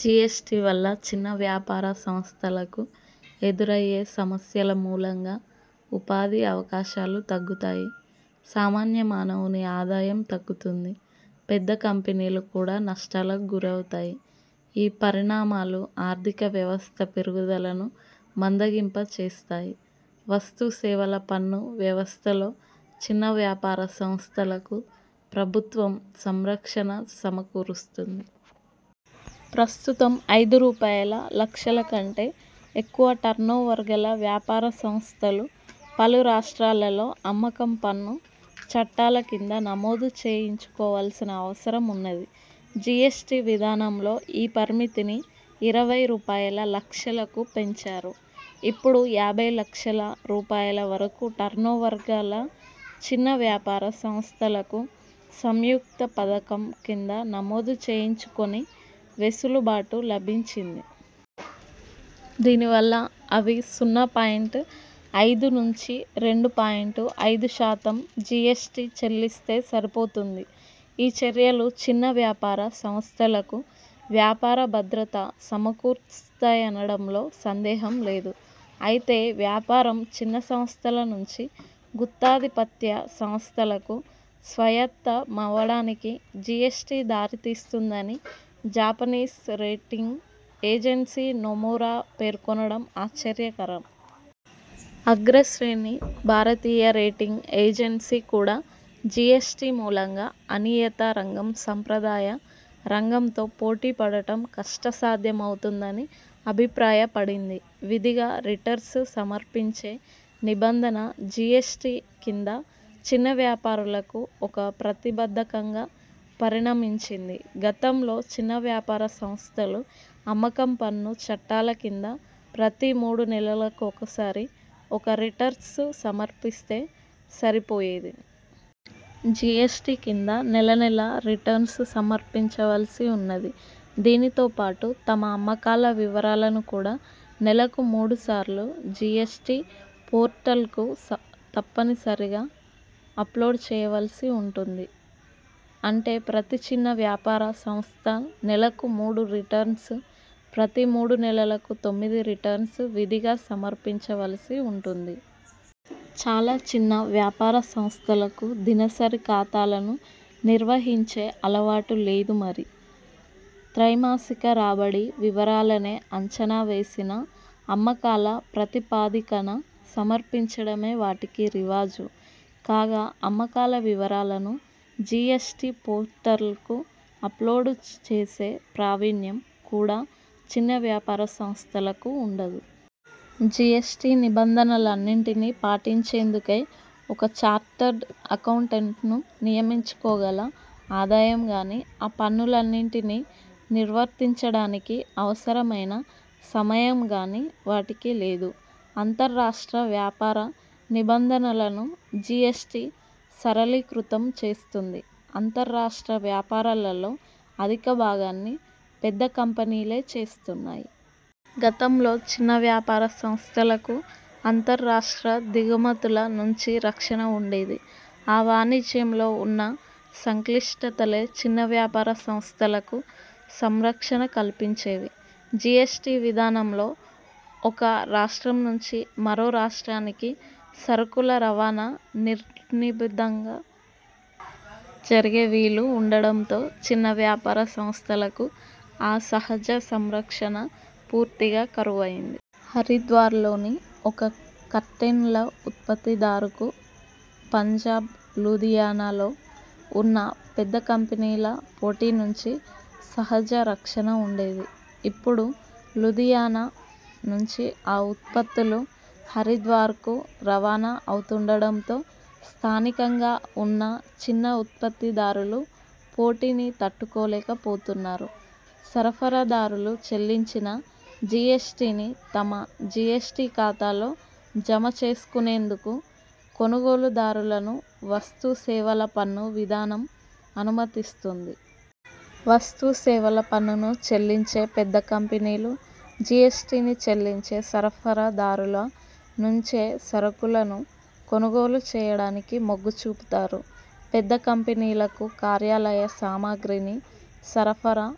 GST వల్ల చిన్న వ్యాపార సంస్థలకు ఎదురయ్యే సమస్యల మూలంగా ఉపాధి అవకాశాలు తగ్గుతాయి సామాన్య మానవుని ఆదాయం తగ్గుతుంది. పెద్ద కంపెనీలు కూడా నష్టాలకు గురవుతాయి. ఈ పరిణామాలు ఆర్థిక వ్యవస్థ పెరుగుదలను మందగింప చేస్తాయి. వస్తు సేవల పన్ను వ్యవస్థలో చిన్న వ్యాపార సంస్థలకు ప్రభుత్వం సంరక్షణ సమ కూరుస్తుంది. ప్రస్తుతం ఐదు రూపాయల లక్షల కంటే ఎక్కువ టర్నోవర్ గల వ్యాపార సంస్థలు పలు రాష్ట్రాలలో అమ్మకం పన్ను చట్టాల కింద నమోదు చేయించుకోవల్సిన అవసర మున్నది. జీఎస్టీ విధానంలో ఈ పరిమితిని ఇరవై రూపాయల లక్షలకు పెంచారు. ఇప్పుడు యాభై లక్షల రూపాయల వరకు టర్నోవర్గల చిన్న వ్యాపార సంస్థలకు సంయుక్త పథకం కింద నమోదు చేయించుకొనే వెసులుబాటు లభించింది. దీనివల్ల అవి సున్నా పాయింట్ ఐదు నుంచి రెండు పాయింట్ ఐదు శాతం జీఎస్టీ చెల్లిస్తే సరిపోతుంది. ఈ చర్యలు చిన్న వ్యాపార సంస్థలకు వ్యాపార భద్రత సమకూరుస్తాయనడంలో సందేహం లేదు. అయితే వ్యాపారం చిన్న సంస్థల నుంచి గుత్తాధి పత్య సంస్థలకు స్వాయత్త మవడానికి జీఎస్టీ దారి తీస్తుందని జపనీస్ రేటింగ్ ఏజెన్సీ నొమురా పేర్కొనడం ఆశ్చర్యకరం. అగ్రశ్రేణి భారతీయ రేటింగ్ ఏజెన్సీ కూడా జీఎస్టీ మూలంగా అనియత రంగం సంప్రదాయ రంగంతో పోటీ పడడం కష్ట సాధ్యమవుతుందని అభిప్రాయ పడింది. విధిగా రిటర్న్స్ సమర్పించే నిబంధన జీఎస్టీ కింద చిన్న వ్యాపారులకు ఒక ప్రతి బంధకంగా పరిణమించింది. గతంలో చిన్న వ్యాపార సంస్థలు అమ్మకం పన్ను చట్టాల కింద ప్రతి మూడు నెలల కొకసారి ఒక రిటర్న్స్ సమర్పిస్తే సరి పోయేది. జీఎస్టీ కింద నెలానెలా రిటర్న్స్ సమర్పించవలసివున్నది. దీనితో పాటు తమ అమ్మకాల వివరాలను కూడా నెలకు మూడు సార్లు జీఎస్టీ పోర్టల్కు తప్పసని సరిగా అప్లోడ్ చేయవలసి వుంటుంది. అంటే ప్రతి చిన్న వ్యాపార సంస్థా నెలకు మూడు రిటర్న్స్ను, ప్రతి మూడు నెలలకు తొమ్మిది రిటర్న్స్ను విధిగా సమర్పించవలసి వుంటుంది. చాలా చిన్న వ్యాపార సంస్థలకు దినసరి ఖాతాలను నిర్వహించే అలవాటు లేదు మరి. త్రైమాసిక రాబడి వివరాలనే అంచనా వేసిన అమ్మకాల ప్రాతి పదికన సమర్పించడమే వాటికి రివాజు. కాగా అమ్మకాల వివరాలను జీఎస్టీ పోర్టల్కు అప్లోడ్ చేసే ప్రావీణ్యం కూడా చిన్న వ్యాపార సంస్థలకు వుండదు. జీఎస్టీ నిబంధలన్నిటినీ పాటించేందుకై ఒక చార్టర్డ్ అక్కౌంటెంట్ను నియమించుకోగల ఆదాయం గానీ, ఆ పనులన్నిటినీ నిర్వర్తించ డానికి అవసరమైన సమయం గానీ వాటికి లేదు. అంతర్ రాష్ట్ర వ్యాపార నిబంధనలను జీఎస్టీ సరళీకృతం చేస్తుంది. అంతర్ రాష్ట్ర వ్యాపారాలలో అధిక భాగాన్ని పెద్ద కంపెనీలే చేస్తున్నాయి. గతంలో చిన్న వ్యాపార సంస్థలకు, అంతర్ రాష్ట్ర దిగుమతుల నుంచి రక్షణ వుండేది. ఆ వాణిజ్యంలో వున్న సంక్లిష్టతలే చిన్న వ్యాపార సంస్థలకు సంరక్షణ కల్పించేవి. జీఎస్టీ విధానంలో ఒక రాష్ట్రం నుంచి మరో రాష్ట్రానికి సరుకుల రవాణా నిర్నిబంధంగా జరిగే వీలు వుండడంతో చిన్న వ్యాపార సంస్థలకు ఆ సహజ సంరక్షణ పూర్తిగా కరువయ్యింది. హరిద్వార్లోని ఒక కర్టెన్ ల ఉత్పత్తి దారుకు పంజాబ్ లూధియానాలో వున్న పెద్ద కంపెనీల పోటీ నుంచి సహజ రక్షణ వుండేది. ఇప్పుడు లూధియానా నుంచి ఆ ఉత్పత్తులు హరిద్వార్కు రవాణా అవుతుండడంతో స్థానికంగా ఉన్న చిన్న ఉత్పత్తి దారులు పోటీని తట్టుకోలేక పోతున్నారు. సరఫరా దారులు చెల్లించిన జీఎస్టీని తమ జీఎస్టీ ఖాతాలో జమ చేసుకొనేందుకు కొనుగోలు దారులను వస్తు సేవల పన్ను విధానం అనుమతిస్తుంది. వస్తు సేవల పన్నును చెల్లించే పెద్ద కంపెనీలు, జీఎస్టీని చెల్లించే సరఫరాదారుల నుంచే సరుకులను కొనుగోలు చేయడానికి మొగ్గు చూపుతారు. పెద్ద కంపెనీలకు కార్యాలయ సామాగ్రిని సరఫరా